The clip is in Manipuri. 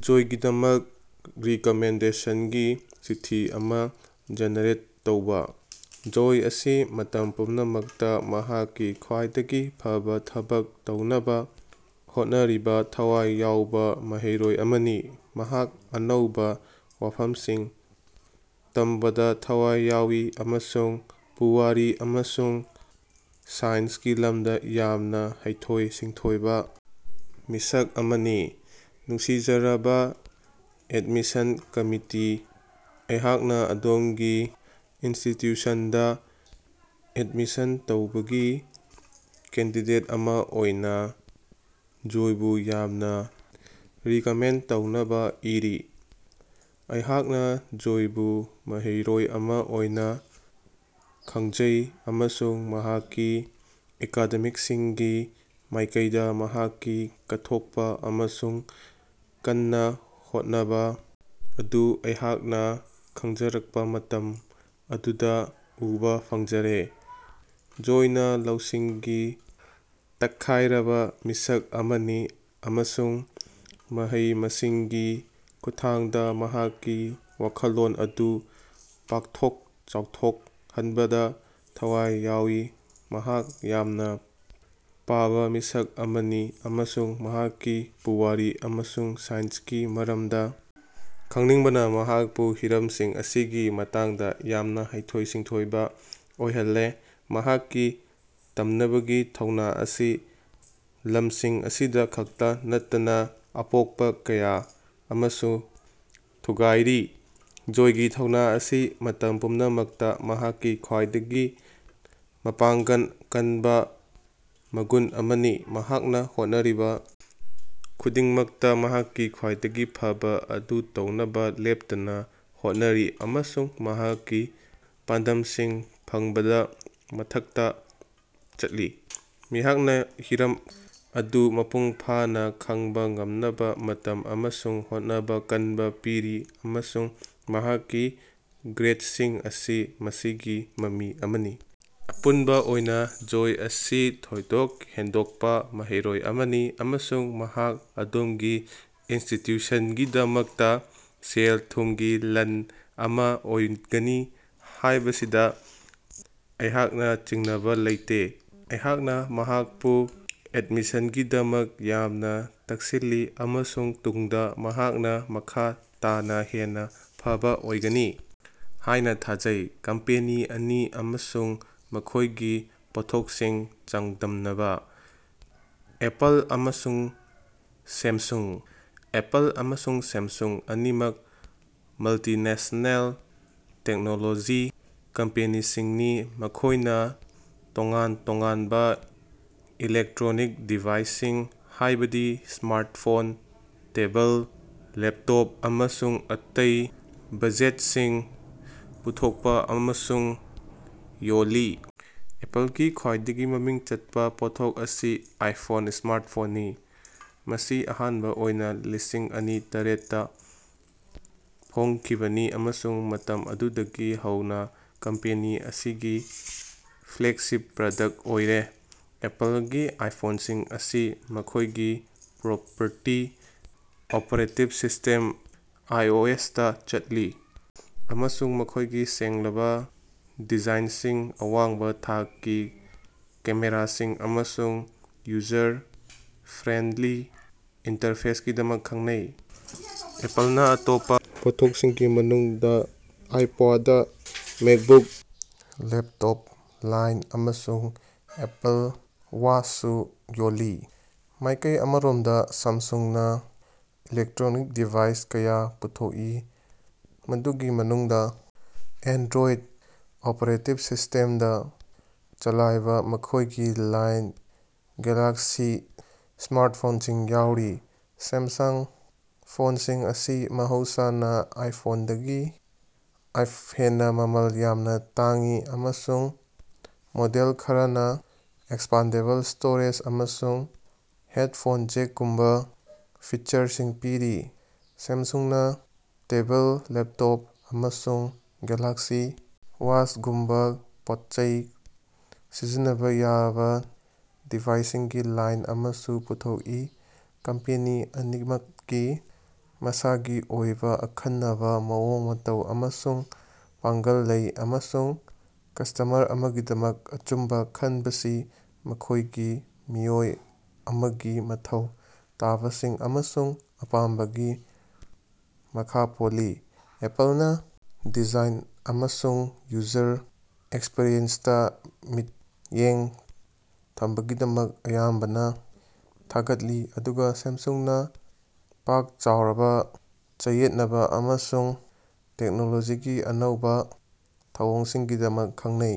ꯖꯣꯏꯒꯤꯗꯃꯛ ꯔꯤꯀꯃꯦꯟꯗꯦꯁꯟꯒꯤ ꯆꯤꯊꯤ ꯑꯃ ꯖꯦꯅꯦꯔꯦꯠ ꯇꯧꯕ꯫ ꯖꯣꯏ ꯑꯁꯤ ꯃꯇꯝ ꯄꯨꯝꯅꯃꯛꯇ ꯃꯍꯥꯛꯀꯤ ꯈ꯭ꯋꯥꯏꯗꯒꯤ ꯐꯕꯥ ꯊꯕꯛ ꯇꯧꯅꯕ ꯍꯣꯠꯅꯔꯤꯕꯥ ꯊꯋꯥꯏ ꯌꯥꯎꯕ‌ ꯃꯍꯩꯔꯣꯏ ꯑꯃꯅꯤ꯫ ꯃꯍꯥꯛ ꯑꯅꯧꯕ ꯋꯥꯐꯝꯁꯤꯡ ꯇꯝꯕꯗ ꯊꯋꯥꯏ ꯌꯥꯎꯏ ꯑꯃꯁꯨꯡ ꯄꯨꯋꯥꯔꯤ ꯑꯃꯁꯨꯡ ꯁꯥꯏꯟꯁꯀꯤ ꯂꯝꯗ ꯌꯥꯝꯅ ꯍꯩꯊꯣꯏ-ꯁꯤꯡꯊꯣꯏꯕ ꯃꯤꯁꯛ ꯑꯃꯅꯤ꯫ ꯅꯨꯡꯁꯤꯖꯔꯕꯥ ꯑꯦꯗꯃꯤꯁꯟ ꯀꯝꯃꯤꯇꯤ, ꯑꯩꯍꯥꯛꯅ ꯑꯗꯣꯝꯒꯤ ꯏꯟꯁꯇꯤꯇ꯭ꯌꯨꯁꯟꯗ ꯑꯦꯗꯃꯤꯁꯟ ꯇꯧꯕꯒꯤ ꯀꯦꯟꯗꯤꯗꯦꯠ ꯑꯃ ꯑꯣꯏꯅ ꯖꯣꯏꯕꯨ ꯌꯥꯝꯅꯥ ꯔꯤꯀꯃꯦꯟꯗ ꯇꯧꯅꯕꯥ ꯏꯔꯤ꯫ ꯑꯩꯍꯥꯛꯅ ꯖꯣꯏꯕꯨ ꯃꯍꯩꯔꯣꯏ ꯑꯃ ꯑꯣꯏꯅ ꯈꯪꯖꯩ ꯑꯃꯁꯨꯡ ꯃꯍꯥꯛꯀꯤ ꯑꯦꯀꯥꯗꯦꯃꯤꯛꯁꯤꯡꯒꯤ ꯃꯥꯏꯀꯩꯗ ꯃꯍꯥꯛꯀꯤ ꯀꯠꯊꯣꯛꯄ ꯑꯃꯁꯨꯡ ꯀꯟꯅ ꯍꯣꯠꯅꯕ ꯑꯗꯨ ꯑꯩꯍꯥꯛꯅ ꯈꯪꯖꯔꯛꯄ ꯃꯇꯝ ꯑꯗꯨꯗ ꯎꯕꯥ ꯐꯪꯖꯔꯦ꯫ ꯖꯣꯏꯅ ꯂꯧꯁꯤꯡꯒꯤ ꯇꯛꯈꯥꯏꯔꯕꯥ ꯃꯤꯁꯛ ꯑꯃꯅꯤ ꯑꯃꯁꯨꯡ ꯃꯍꯩ-ꯃꯁꯤꯡꯒꯤ ꯈꯨꯠꯊꯥꯡꯗ ꯃꯍꯥꯛꯀꯤ ꯋꯥꯈꯜꯂꯣꯟ ꯑꯗꯨ ꯄꯥꯛꯊꯣꯛ ꯆꯥꯎꯊꯣꯛꯍꯟꯕꯗ ꯊꯋꯥꯏ ꯌꯥꯎꯏ꯫ ꯃꯍꯥꯛ ꯌꯥꯝꯅ ꯄꯥꯕ ꯃꯤꯁꯛ ꯑꯃꯅꯤ ꯑꯃꯁꯨꯡ ꯃꯍꯥꯛꯀꯤ ꯄꯨꯋꯥꯔꯤ ꯑꯃꯁꯨꯡ ꯁꯥꯏꯟꯁꯀꯤ ꯃꯔꯝꯗ ꯈꯪꯅꯤꯡꯕꯅ ꯃꯍꯥꯛꯄꯨ ꯍꯤꯔꯝꯁꯤꯡ ꯑꯁꯤꯒꯤ ꯃꯇꯥꯡꯗ ꯌꯥꯝꯅ ꯍꯩꯊꯣꯏ-ꯁꯤꯡꯊꯣꯏꯕ ꯑꯣꯏꯍꯜꯂꯦ꯫ ꯃꯍꯥꯛꯀꯤ ꯇꯝꯅꯕꯒꯤ ꯊꯧꯅ ꯑꯁꯤ ꯂꯝꯁꯤꯡ ꯑꯁꯤꯗ ꯈꯛꯇ ꯅꯠꯇꯅꯥ ꯑꯇꯣꯞꯄ ꯀꯌꯥ ꯑꯃꯁꯨ ꯊꯨꯒꯥꯏꯔꯤ꯫ ꯖꯣꯏꯒꯤ ꯊꯧꯅ ꯑꯁꯤ ꯃꯇꯝ ꯄꯨꯝꯅꯃꯛꯇ ꯃꯍꯥꯛꯀꯤ ꯈ꯭ꯋꯥꯏꯗꯒꯤ ꯃꯄꯥꯡꯒꯜ ꯀꯟꯕꯥ ꯃꯒꯨꯟ ꯑꯃꯅꯤ꯫ ꯃꯍꯥꯛꯅ ꯍꯣꯠꯅꯔꯤꯕ ꯈꯨꯗꯤꯡꯃꯛꯇ ꯃꯍꯥꯛꯀꯤ ꯈ꯭ꯋꯥꯏꯗꯒꯤ ꯐꯕꯥ ꯑꯗꯨ ꯇꯧꯅꯕ ꯂꯦꯞꯇꯅ ꯍꯣꯠꯅꯔꯤ ꯑꯃꯁꯨꯡ ꯃꯍꯥꯛꯀꯤ ꯄꯥꯟꯗꯝꯁꯤꯡ ꯐꯪꯕꯗꯥ ꯃꯊꯛꯇ ꯆꯠꯂꯤ꯫ ꯃꯍꯥꯛꯅ ꯍꯤꯔꯝ ꯑꯗꯨ ꯃꯄꯨꯡ ꯐꯥꯅ ꯈꯪꯕ ꯉꯝꯅꯕꯥ ꯃꯇꯝ ꯑꯃꯁꯨꯡ ꯍꯣꯠꯅꯕ ꯀꯟꯕ ꯄꯤꯔꯤ ꯑꯃꯁꯨꯡ ꯃꯍꯥꯛꯀꯤ ꯒ꯭ꯔꯦꯗꯁꯤꯡ ꯑꯁꯤ ꯃꯁꯤꯒꯤ ꯃꯃꯤ ꯑꯃꯅꯤ꯫ ꯑꯄꯨꯟꯕ ꯑꯣꯏꯅ ꯖꯣꯏ ꯑꯁꯤ ꯊꯣꯏꯗꯣꯛ ꯍꯦꯟꯗꯣꯛꯄ ꯃꯍꯩꯔꯣꯏ ꯑꯃꯅꯤ ꯑꯃꯁꯨꯡ ꯃꯍꯥꯛ ꯑꯗꯣꯝꯒꯤ ꯏꯟꯁꯇꯤꯇ꯭ꯌꯨꯁꯟꯒꯤꯗꯃꯛꯇ ꯁꯦꯜ-ꯊꯨꯝꯒꯤ ꯂꯟ ꯑꯃ ꯑꯣꯏꯒꯅꯤ ꯍꯥꯏꯕꯁꯤꯗꯥ ꯑꯩꯍꯥꯛꯅ ꯆꯤꯡꯅꯕꯥ ꯂꯩꯇꯦ꯫ ꯑꯩꯍꯥꯛꯅ ꯃꯍꯥꯛꯄꯨ ꯑꯦꯗꯃꯤꯁꯟꯒꯤꯗꯃꯛ ꯌꯥꯝꯅ ꯇꯛꯁꯤꯜꯂꯤ ꯑꯃꯁꯨꯡ ꯇꯨꯡꯗ ꯃꯍꯥꯛꯅ ꯃꯈꯥ ꯇꯥꯅ ꯍꯦꯟꯅ ꯐꯕꯥ ꯑꯣꯏꯒꯅꯤ ꯍꯥꯏꯅ ꯊꯥꯖꯩ꯫ ꯀꯝꯄꯦꯅꯤ ꯑꯅꯤ ꯑꯃꯁꯨꯡ ꯃꯈꯣꯏꯒꯤ ꯄꯣꯠꯊꯣꯛꯁꯤꯡ ꯆꯥꯡꯗꯝꯅꯕꯥ꯫ ꯑꯦꯄꯜ ꯑꯃꯁꯨꯡ ꯁꯦꯝꯁꯨꯡ꯫ ꯑꯦꯄꯜ ꯑꯃꯁꯨꯡ ꯁꯦꯝꯁꯨꯡ ꯑꯅꯤꯃꯛ ꯃꯜꯇꯤꯅꯦꯁꯅꯦꯜ ꯇꯦꯛꯅꯣꯂꯣꯖꯤ ꯀꯝꯄꯦꯅꯤꯁꯤꯡꯅꯤ ꯃꯈꯣꯏꯅ ꯇꯣꯉꯥꯟ ꯇꯣꯉꯥꯟꯕ ꯏꯂꯦꯛꯇ꯭ꯔꯣꯅꯤꯛ ꯗꯤꯚꯥꯏꯁꯁꯤꯡ ꯍꯥꯏꯕꯗꯤ ꯁ꯭ꯃꯥꯔꯠꯐꯣꯟ, ꯇꯦꯕꯜ, ꯂꯦꯞꯇꯣꯞ, ꯑꯃꯁꯨꯡ ꯑꯇꯩ ꯚꯥꯖꯦꯠꯁꯤꯡ ꯄꯨꯊꯣꯛꯄ ꯑꯃꯁꯨꯡ ꯌꯣꯜꯂꯤ꯫ ꯑꯦꯄꯜꯒꯤ ꯈ꯭ꯋꯥꯏꯗꯒꯤ ꯃꯃꯤꯡ ꯆꯠꯄ ꯄꯣꯠꯊꯣꯛ ꯑꯁꯤ ꯑꯥꯏꯐꯣꯟ ꯁ꯭ꯃꯥꯔꯠꯐꯣꯟꯅꯤ, ꯃꯁꯤ ꯑꯍꯥꯟꯕ ꯑꯣꯏꯅ ꯂꯤꯁꯤꯡ ꯑꯅꯤ ꯇꯔꯦꯠꯇꯥ ꯐꯣꯡꯈꯤꯕꯅꯤ ꯑꯃꯁꯨꯡ ꯃꯇꯝ ꯑꯗꯨꯗꯒꯤ ꯍꯧꯅ ꯀꯝꯄꯦꯅꯤ ꯑꯁꯤꯒꯤ ꯐ꯭ꯂꯦꯒꯁꯤꯞ ꯄ꯭ꯔꯗꯛꯇ ꯑꯣꯏꯔꯦ꯫ ꯑꯦꯄꯜꯒꯤ ꯑꯥꯏꯐꯣꯟꯁꯤꯡ ꯑꯁꯤ ꯃꯈꯣꯏꯒꯤ ꯄ꯭ꯔꯣꯄꯔꯇꯤ ꯑꯣꯄ꯭ꯔꯦꯇꯤꯚ ꯁꯤꯁꯇꯦꯝ, ꯑꯥꯏꯑꯣꯑꯦꯁꯇꯥ ꯆꯠꯂꯤ ꯑꯃꯁꯨꯡ ꯃꯈꯣꯏꯒꯤ ꯁꯦꯡꯂꯕꯥ ꯗꯤꯖꯥꯏꯟꯁꯤꯡ, ꯑꯋꯥꯡꯕ ꯊꯥꯛꯀꯤ ꯀꯦꯃꯦꯔꯥꯁꯤꯡ ꯑꯃꯁꯨꯡ ꯌꯨꯖꯔ ꯐ꯭ꯔꯦꯟꯗꯂꯤ ꯏꯟꯇꯔꯐꯦꯁꯀꯤꯗꯃꯛ ꯈꯪꯅꯩ꯫ ꯑꯦꯄꯜꯅ ꯑꯇꯣꯞꯄ ꯄꯣꯠꯊꯣꯛꯁꯤꯡꯒꯤ ꯃꯅꯨꯡꯗ ꯑꯥꯏꯄ꯭ꯌꯥꯗ, ꯃꯦꯛꯕꯨꯛ ꯂꯦꯞꯇꯣꯞ ꯂꯥꯏꯟ, ꯑꯃꯁꯨꯡ ꯑꯦꯄꯜ ꯋꯥꯆꯁꯨ ꯌꯣꯜꯂꯤ꯫ ꯃꯥꯏꯀꯩ ꯑꯃꯔꯣꯝꯗ ꯁꯥꯝꯁꯨꯡꯅ ꯏꯂꯦꯛꯇ꯭ꯔꯣꯅꯤꯛ ꯗꯤꯚꯥꯏꯁ ꯀꯌꯥ ꯄꯨꯊꯣꯛꯏ, ꯃꯗꯨꯒꯤ ꯃꯅꯨꯡꯗ ꯑꯦꯟꯗ꯭ꯔꯣꯏꯗ ꯑꯣꯄ꯭ꯔꯦꯇꯤꯡ ꯁꯤꯁꯇꯦꯝꯗ ꯆꯂꯥꯏꯕ ꯃꯈꯣꯏꯒꯤ ꯂꯥꯏꯟ ꯒꯦꯂꯥꯛꯁꯤ ꯁ꯭ꯃꯥꯔꯠꯐꯣꯟꯁꯤꯡ ꯌꯥꯎꯔꯤ꯫ ꯁꯦꯝꯁꯥꯡ ꯐꯣꯟꯁꯤꯡ ꯑꯁꯤ ꯃꯍꯧꯁꯥꯅ ꯑꯥꯏꯐꯣꯟꯗꯒꯤ ꯍꯦꯟꯅ ꯃꯃꯜ ꯌꯥꯝꯅ ꯇꯥꯡꯏ, ꯑꯃꯁꯨꯡ ꯃꯣꯗꯦꯜ ꯈꯔꯅꯥ ꯑꯦꯛꯁꯄꯥꯟꯗꯦꯕꯜ ꯁ꯭ꯇꯣꯔꯦꯖ ꯑꯃꯁꯨꯡ ꯍꯦꯗꯐꯣꯟ ꯖꯦꯛꯒꯨꯝꯕ ꯐꯤꯆꯔꯁꯤꯡ ꯄꯤꯔꯤ꯫ ꯁꯦꯝꯁꯨꯡꯅ ꯇꯦꯕꯜ, ꯂꯦꯞꯇꯣꯞ, ꯑꯃꯁꯨꯡ ꯒꯦꯂꯥꯛꯁꯤ ꯋꯥꯆꯒꯨꯝꯕꯥ ꯄꯣꯠꯆꯩ ꯁꯤꯖꯤꯟꯅꯕꯥ ꯌꯥꯕ ꯗꯤꯚꯥꯏꯁꯁꯤꯡꯒꯤ ꯂꯥꯏꯟ ꯑꯃꯁꯨ ꯄꯨꯊꯣꯛꯏ꯫ ꯀꯝꯄꯦꯅꯤ ꯑꯅꯤꯃꯛꯀꯤ ꯃꯁꯥꯒꯤ ꯑꯣꯏꯕ ꯑꯈꯟꯅꯕꯥ ꯃꯑꯣꯡ ꯃꯇꯧ ꯑꯃꯁꯨꯡ ꯄꯥꯡꯒꯜ ꯂꯩ, ꯑꯃꯁꯨꯡ ꯀꯁ꯭ꯇꯃꯔ ꯑꯃꯒꯤꯗꯃꯛ ꯑꯆꯨꯝꯕ ꯈꯟꯕꯁꯤ ꯃꯈꯣꯏꯒꯤ ꯃꯤꯑꯣꯏ ꯑꯃꯒꯤ ꯃꯊꯧ ꯇꯥꯕꯁꯤꯡ ꯑꯃꯁꯨꯡ ꯑꯄꯥꯝꯕꯒꯤ ꯃꯈꯥ ꯄꯣꯜꯂꯤ꯫ ꯑꯦꯄꯜꯅ ꯗꯤꯖꯥꯏꯟ ꯑꯃꯁꯨꯡ ꯌꯨꯖꯔ ꯑꯦꯛꯁꯄꯤꯔꯤꯑꯦꯟꯁꯇꯥ ꯃꯤꯠꯌꯦꯡ ꯊꯝꯕꯒꯤꯗꯃꯛ ꯑꯌꯥꯝꯕꯅꯥ ꯊꯥꯒꯠꯂꯤ, ꯑꯗꯨꯒ ꯁꯦꯝꯁꯨꯡꯅ ꯄꯥꯛ ꯆꯥꯎꯔꯕꯥ ꯆꯌꯦꯠꯅꯕꯥ ꯑꯃꯁꯨꯡ ꯇꯦꯛꯅꯣꯂꯣꯖꯤꯒꯤ ꯑꯅꯧꯕ ꯊꯧꯑꯣꯡꯁꯤꯡꯒꯤꯗꯃꯛ ꯈꯪꯅꯩ꯫